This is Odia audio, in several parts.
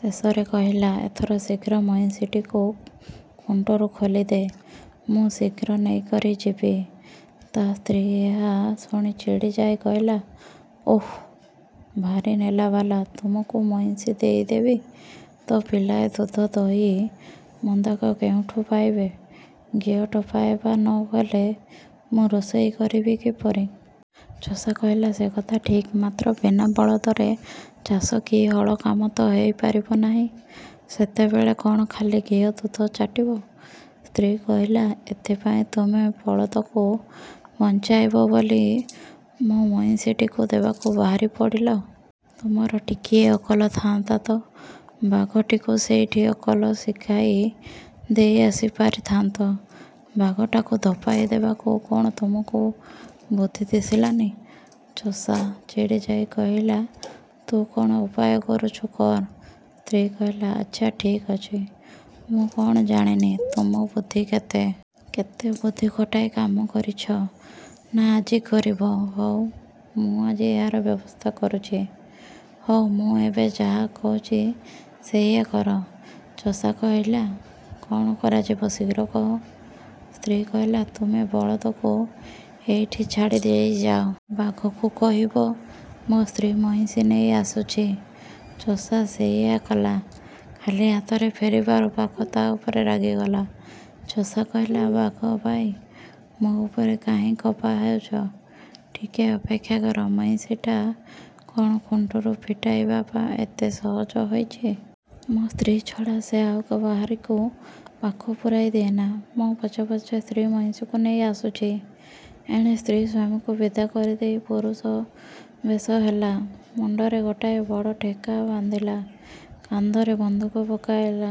ଶେଷରେ କହିଲା, ଏଥର ଶୀଘ୍ର ମଇଁଷିଟିକୁ ଖୁଣ୍ଟରୁ ଖୋଲିଦେ! ମୁଁ ଶୀଘ୍ର ନେଇକରି ଯିବି। ତା ସ୍ତ୍ରୀ ଏହା ଶୁଣି ଚିଡ଼ିଯାଇ କହିଲା, ଓଃ, ଭାରି ନେଲାବାଲା, ତୁମକୁ ମଇଁଷି ଦେଇଦେବି ତ ପିଲାଏ ଦୁଧ ଦହି ମୁନ୍ଦାକ କେଉଁଠୁ ପାଇବେ? ଘିଅ ଟୋପାଏ ବା ନ ହେଲେ ମୁଁ ରୋଷେଇ କରିବି କିପରି? ଚଷା କହିଲା, ସେ କଥା ଠିକ୍, ମାତ୍ର ବିନା ବଳଦରେ ଚାଷ କି ହଳ କାମ ତ ହୋଇପାରିବ ନାହିଁ। ସେତେବେଳେ କ'ଣ ଖାଲି ଘିଅ, ଦୁଧ ଚାଟିବ? ସ୍ତ୍ରୀ କହିଲା, ଏଥିପାଇଁ ତୁମେ ବଳଦକୁ ବଞ୍ଚାଇବ ବୋଲି ମୋ ମଇଁଷିଟିକୁ ଦେବାକୁ ବାହାରି ପଡ଼ିଲ। ତୁମର ଟିକିଏ ଅକଲ ଥାଆନ୍ତା ତ ବାଘଟିକୁ ସେଇଠି ଅକଲ ଶିଖାଇ ଦେଇ ଆସି ପାରିଥାନ୍ତ। ବାଘଟାକୁ ଧପାଇ ଦେବାକୁ କ'ଣ ତୁମକୁ ବୁଦ୍ଧି ଦିଶିଲାନି। ଚଷା ଚିଡ଼ିଯାଇ କହିଲା, ତୁ କ'ଣ ଉପାୟ କରୁଛୁ କର! ସ୍ତ୍ରୀ କହିଲା, ଆଚ୍ଛା ଠିକ୍ ଅଛି। ମୁଁ କ'ଣ ଜାଣିନି, ତୁମ ବୁଦ୍ଧି କେତେ? କେତେ ବୁଦ୍ଧି ଖଟାଇ କାମ କରିଛ, ନା ଆଜି କରିବ? ହଉ ମୁଁ ଆଜି ଏହାର ବ୍ୟବସ୍ଥା କରୁଛି। ହଉ ମୁଁ ଏବେ ଯାହା କହୁଛି ସେଇଆ କର। ଚଷା କହିଲା, କ'ଣ କରାଯିବ ଶୀଘ୍ର କହ। ସ୍ତ୍ରୀ କହିଲା, ତୁମେ ବଳଦକୁ ଏଇଠି ଛାଡ଼ିଦେଇ ଯାଅ। ବାଘକୁ କହିବ, ମୋ ସ୍ତ୍ରୀ ମଇଁଷି ନେଇ ଆସୁଛି। ଚଷା ସେଇଆ କଲା। ଖାଲି ହାତରେ ଫେରିବାରୁ ବାଘ ତା ଉପରେ ରାଗିଗଲା। ଚଷା କହିଲା, ବାଘ ଭାଇ! ମୋ ଉପରେ କାହିଁକି ଖପା ହେଉଛ? ଟିକିଏ ଅପେକ୍ଷା କର। ମଇଁଷିଟା କ'ଣ ଖୁଣ୍ଟରୁ ଫିଟାଇବା ଏତେ ସହଜ ହୋଇଛି? ମୋ ସ୍ତ୍ରୀ ଛଡ଼ା ସେ ଆଉ କାହାରିକୁ ପାଖ ପୂରାଇ ଦିଏନା। ମୋ ପଛେ ପଛେ ସ୍ତ୍ରୀ ମଇଁଷିକୁ ନେଇ ଆସୁଛି। ଏଣେ ସ୍ତ୍ରୀ ସ୍ୱାମୀକୁ ବିଦା କରିଦେଇ ପୁରୁଷ ବେଶ ହେଲା। ମୁଣ୍ଡରେ ଗୋଟାଏ ବଡ଼ ଠେକା ବାନ୍ଧିଲା। କାନ୍ଧରେ ବନ୍ଧୁକ ପକାଇଲା।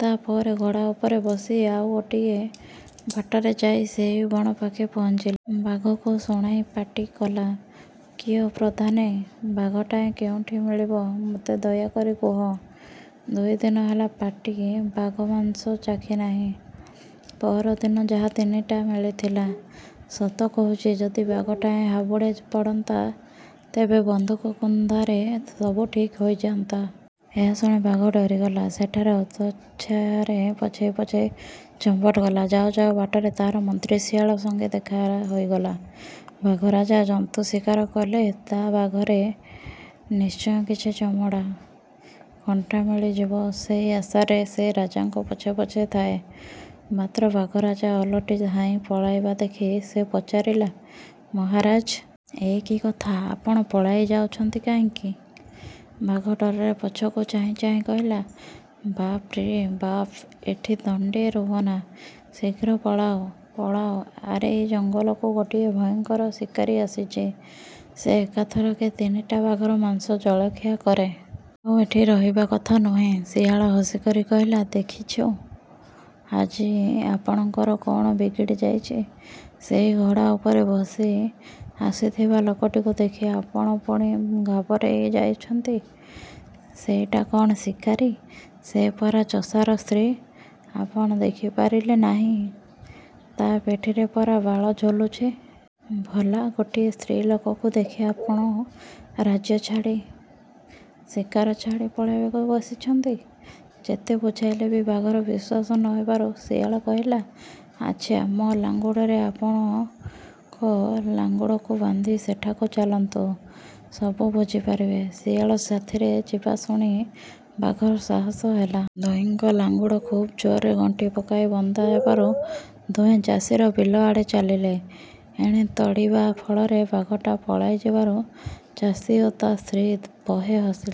ତା ପରେ ଘୋଡ଼ା ଉପରେ ବସି ଆଉ ଗୋଟିଏ ବାଟରେ ଯାଇ ସେହି ବଣ ପାଖେ ପହଞ୍ଚିଲା। ବାଘକୁ ଶୁଣାଇ ପାଟି କଲା, କିଓ ପ୍ରଧାନେ! ବାଘଟାଏ କେଉଁଠି ମିଳିବ ମୋତେ ଦୟାକରି କୁହ। ଦୁଇ ଦିନ ହେଲା ପାଟି ବାଘ ମାଂସ ଚାଖିନାହିଁ। ପଅରଦିନ ଯାହା ତିନିଟା ମିଳିଥିଲା। ସତ କହୁଛି ଯଦି ବାଘଟାଏ ହାବୁଡ଼େ ପଡ଼ନ୍ତା, ତେବେ ବନ୍ଧୁକ କୁନ୍ଦାରେ ସବୁ ଠିକ୍ ହୋଇଯାଆନ୍ତା। ଏହା ଶୁଣି ବାଘ ଡରିଗଲା। ସେଠାରୁ ଅତର୍ଚ୍ଛାରେ ପଛେଇ ପଛେଇ ଚମ୍ପଟ କଲା। ଯାଉ ଯାଉ ବାଟରେ ତାହାର ମନ୍ତ୍ରୀ ଶିଆଳ ସଙ୍ଗେ ଦେଖା ହୋଇଗଲା। ବାଘ ରାଜା ଜନ୍ତୁ ଶିକାର କଲେ ତା ଭାଗରେ ନିଶ୍ଚୟ କିଛି ଚମଡ଼ା, କଣ୍ଟା ମିଳିଯିବ। ସେଇ ଆଶାରେ ସେ ରାଜାଙ୍କ ପଛେ ପଛେ ଥାଏ, ମାତ୍ର ବାଘ ରାଜା ଓଲଟି ଧାଇଁ ପଳାଇବା ଦେଖି ସେ ପଚାରିଲା, ମହାରାଜ! ଏ କି କଥା? ଆପଣ ପଳାଇ ଯାଉଛନ୍ତି କାହିଁକି? ବାଘ ଡରରେ ପଛକୁ ଚାହିଁ ଚାହିଁ କହିଲା, ବାପ୍ ରେ ବାପ! ଏଠି ଦଣ୍ଡେ ରୁହନା! ଶୀଘ୍ର ପଳାଅ! ପଳାଅ! ଆରେ ଏଇ ଜଙ୍ଗଲକୁ ଗୋଟିଏ ଭୟଙ୍କର ଶିକାରୀ ଆସିଛି। ସେ ଏକା ଥରକେ ତିନିଟା ବାଘର ମାଂସ ଜଳଖିଆ କରେ। ଆଉ ଏଠି ରହିବା କଥା ନୁହେଁ। ଶିଆଳ ହସିକରି କହିଲା, ଦେଖୁଛି ଆଜି ଆପଣଙ୍କର କ'ଣ ବିଗିଡ଼ି ଯାଇଛି। ସେଇ ଘୋଡ଼ା ଉପରେ ବସି ଆସିଥିବା ଲୋକଟିକୁ ଦେଖି ଆପଣ ପୁଣି ଘାବରେଇ ଯାଉଛନ୍ତି। ସେଇଟା କ'ଣ ଶିକାରୀ? ସେ ପରା ଚଷାର ସ୍ତ୍ରୀ। ଆପଣ ଦେଖିପାରିଲେ ନାହିଁ ତା ପିଠିରେ ପରା ବାଳ ଝୁଲୁଛି? ଭଲା ଗୋଟିଏ ସ୍ତ୍ରୀ ଲୋକକୁ ଦେଖି ଆପଣ ରାଜ୍ୟ ଛାଡ଼ି, ଶିକାର ଛାଡ଼ି ପଳାଇବାକୁ ବସିଛନ୍ତି! ଯେତେ ବୁଝାଇଲେ ବି ବାଘର ବିଶ୍ୱାସ ନ ହେବାରୁ ଶିଆଳ କହିଲା, ଆଚ୍ଛା ମୋ ଲାଙ୍ଗୁଡ଼ରେ ଆପଣଙ୍କ ଲାଙ୍ଗୁଡ଼କୁ ବାନ୍ଧି ସେଠାକୁ ଚାଲନ୍ତୁ। ସବୁ ବୁଝିପାରିବେ। ଶିଆଳ ସାଥିରେ ଯିବା ଶୁଣି ବାଘର ସାହସ ହେଲା। ଦୁହିଁଙ୍କ ଲାଙ୍ଗୁଡ଼ ଖୁବ୍ ଜୋରରେ ଗଣ୍ଠି ପକାଇ ବନ୍ଧା ହେବାରୁ ଦୁହେଁ ଚାଷୀର ବିଲ ଆଡ଼େ ଚାଲିଲେ। ଏଣେ ତଡ଼ିବା ଫଳରେ ବାଘଟା ପଳାଇ ଯିବାରୁ ଚାଷୀ ଓ ତା ସ୍ତ୍ରୀ ବହେ ହସିଲେ।